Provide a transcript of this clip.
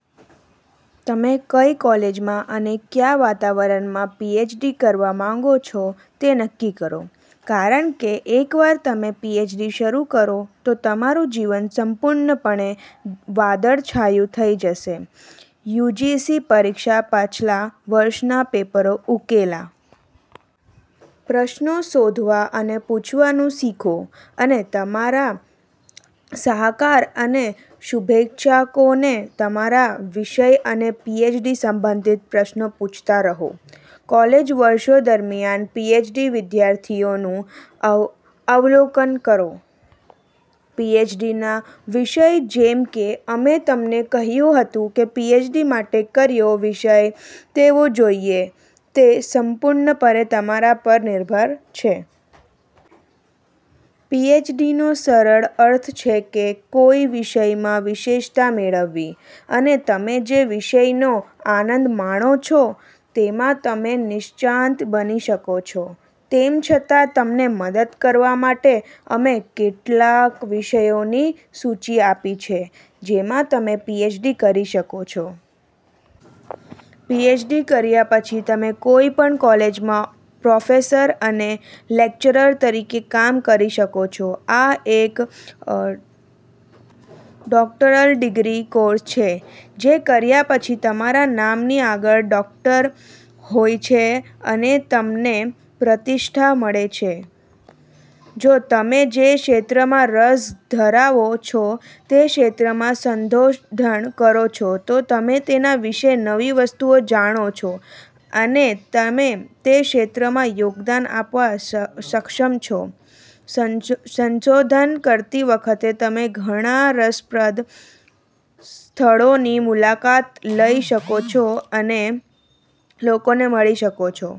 તમે કઈ કોલેજમાં અને કયા વાતાવરણમાં પીએચડી કરવા માંગો છો તે નક્કી કરો. કારણ કે એકવાર તમે પીએચડી શરૂ કરો તો તમારું જીવન સંપૂર્ણપણે વાદળછાયું થઈ જશે. યુજીસી પરીક્ષાના પાછલા વર્ષના પેપરો ઉકેલો. પ્રશ્નો શોધવા અને પૂછવાનું શીખો. અને તમારા સલાહકાર અને શુભેચ્છકોને તમારા વિષય અને પીએચડી સંબંધિત પ્રશ્નો પૂછતા રહો. કૉલેજ વર્ષો દરમિયાન પીએચડી વિદ્યાર્થીઓનું અવલોકન કરો. પીએચડી ના વિષય જેમ કે અમે તમને કહ્યું હતું કે પીએચડી માટે કયો વિષય લેવો જોઈએ, તે સંપૂર્ણપણે તમારા પર નિર્ભર છે. પીએચડીનો સરળ અર્થ એ છે કે કોઈ વિષયમાં વિશેષતા મેળવવી. અને તમે જે વિષયનો આનંદ માણો છો તેમાં તમે નિષ્ણાત બની શકો છો. તેમ છતાં, તમને મદદ કરવા માટે, અમે કેટલાક વિષયોની સૂચિ આપી છે જેમાં તમે પીએચડી કરી શકો છો. પીએચડી કર્યા પછી, તમે કોઈપણ કોલેજમાં પ્રોફેસર અને લેક્ચરર તરીકે કામ કરી શકો છો. આ એક ડોક્ટરલ ડિગ્રી કોર્સ છે, જે કર્યા પછી તમારા નામની આગળ ડોક્ટર હોય છે અને તમને પ્રતિષ્ઠા મળે છે. જો તમે જે ક્ષેત્રમાં રસ ધરાવો છો તે ક્ષેત્રમાં સંશોધન કરો છો, તો તમે તેના વિશે નવી વસ્તુઓ જાણો છો અને તમે તે ક્ષેત્રમાં યોગદાન આપવા સક્ષમ છો. સંશોધન કરતી વખતે, તમે ઘણા રસપ્રદ સ્થળોની મુલાકાત લઈ શકો છો અને લોકોને મળી શકો છો.